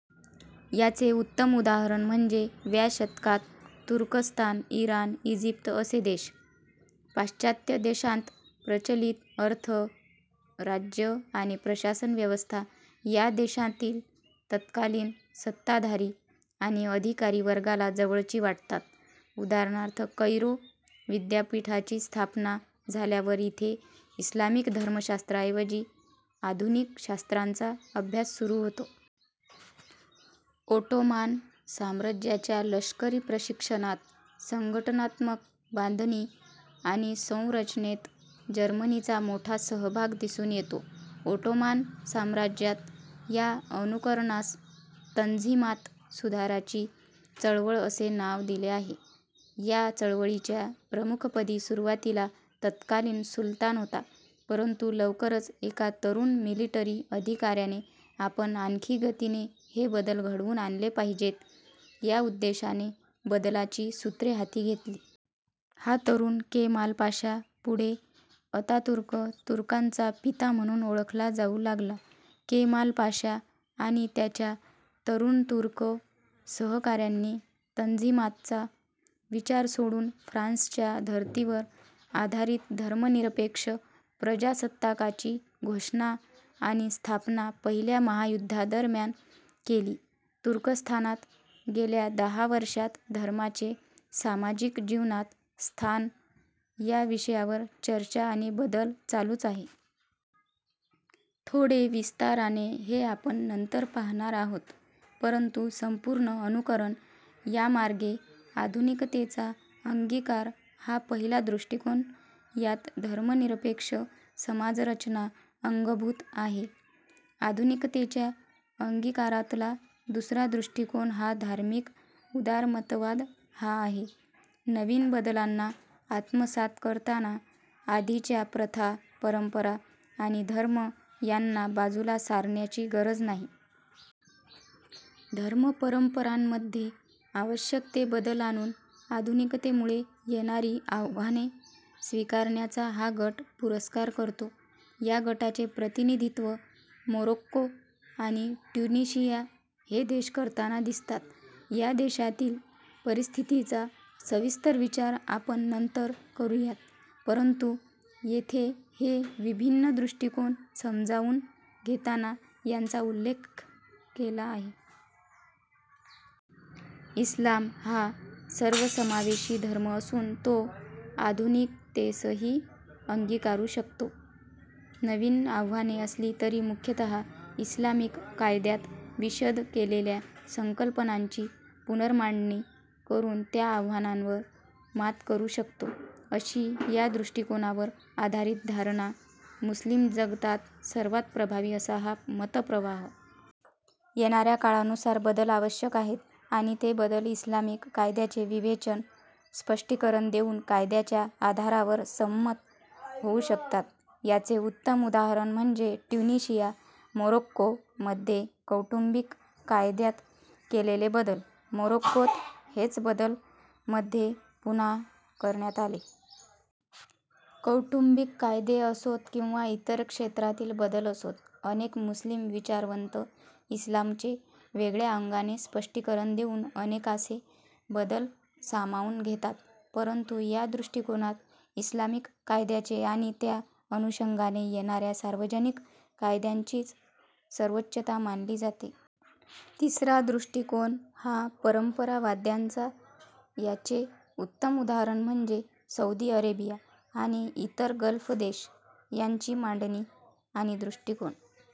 याचे उत्तम उदाहरण म्हणजे व्या शतकात तुर्कस्तान, इराण, इजिप्त असे देश. पाश्चात्य देशांत प्रचलित अर्थ- राज्य आणि प्रशासन व्यवस्था या देशांतील तत्कालीन सत्ताधारी आणि अधिकारी वर्गाला जवळची वाटतात. उदा कैरो विद्यापीठाची स्थापना झाल्यावर इथे इस्लामिक धर्मशास्त्राऐवजी आधुनिक शास्त्रांचा अभ्यास सुरु होतो. ओटोमान साम्रज्याच्या लष्करी प्रशिक्षणात, संघटनात्मक बांधणी आणि संरचनेत जर्मनीचा मोठा सहभाग दिसून येतो. ओटोमान साम्राज्यात या अनुकरनास तन्झीमात- सुधाराची चळवळ असे नाव दिले आहे. या चळवळीच्या प्रमुखपदी सुरुवातीला तत्कालीन सुलतान होता परंतु लवकरच एका तरुण मिलिटरी अधिकाऱ्याने आपण आणखी गतीने हे बदल घडवून आणले पाहिजेत या उद्देशाने बदलाची सूत्रे हाती घेतली. हा तरुण, केमाल पाशा पुढे अतातुर्क तुर्कांचा पिता म्हणून ओळखला जाऊ लागला. केमाल पाशा आणि त्याच्या तरुणतुर्क सहकाऱ्यांनी तन्झीमातचा विचार सोडून फ्रान्सच्या धर्तीवर आधारित धर्मनिरपेक्ष प्रजासत्ताकाची घोषणा आणि स्थापना पहिल्या महायुद्धादरम्यान केली. तुर्कस्थानात गेल्या दहा वर्षात धर्माचे सामाजिक जीवनात स्थान या विषयावर चर्चा आणि बदल चालूच आहे. थोडे विस्ताराने हे आपण नंतर पाहणार आहोत. परंतु संपूर्ण अनुकरण यामार्गे आधुनिकतेचा अंगीकार हा पहिला दृष्टीकोन यात धर्मनिरपेक्ष समाजरचना अंगभूत आहे. आधुनिकतेच्या अंगीकारातला दुसरा दृष्टीकोन हा धार्मिक उदारमतवाद हा आहे. नवीन बदलांना आत्मसात करताना आधीच्या प्रथा, परंपरा आणि धर्म यांना बाजूला सारण्याची गरज नाही. धर्मपरंपरांमध्ये आवश्यक ते बदल आणून आधुनिकतेमुळे येणारी आव्हाने स्वीकारण्याचा हा गट पुरस्कार करतो. या गटाचे प्रतिनिधित्व मोरोक्को आणि ट्युनिशिया हे देश करताना दिसतात. या देशांतील परिस्थितीचा सविस्तर विचार आपण नंतर करुयात परंतु येथे हे विभिन्न दृष्टीकोन समजाऊन घेताना यांचा उल्लेख केला आहे. इस्लाम हा सर्वसमावेशी धर्म असून तो आधुनिकतेसही अंगिकारू शकतो, नवीन आव्हाने असली तरी मुख्यतः इस्लामिक कायद्यात विशद केलेल्या संकल्पनांची पुनर्मांडणी करून त्या आव्हानांवर मात करू शकतो अशी या दृष्टिकोनावर आधारित धारणा. मुस्लिमजगतात सर्वात प्रभावी असा हा मतप्रवाह. येणाऱ्या काळानुसार बदल आवश्यक आहेत आणि ते बदल इस्लामिक कायद्याचे विवेचन, स्पष्टीकरण देऊन कायद्याच्या आधारावर संमत होऊ शकतात. याचे उत्तम उदाहरण म्हणजे ट्युनिशिया, मोरोक्को मध्ये कौटुंबिक कायद्यात केलेले बदल. मोरोक्कोत हेच बदल मध्ये पुन्हा करण्यात आले. कौटुंबिक कायदे असोत किंवा इतर क्षेत्रातील बदल असोत अनेक मुस्लिम विचारवंत इस्लामचे वेगळ्या अंगाने स्पष्टीकरण देऊन अनेकासे बदल सामावून घेतात. परंतु या दृष्टीकोनात इस्लामिक कायद्याचे आणि त्या अनुषंगाने येणाऱ्या सार्वजनिक कायद्यांचीच सर्वोच्चता मानली जाते. तिसरा दृष्टीकोन हा परम्परावाद्यांचा, याचे उत्तम उदाहरण म्हणजे सौदी अरेबिया आणि इतर गल्फ देश. यांची मांडणी आणि दृष्टीकोन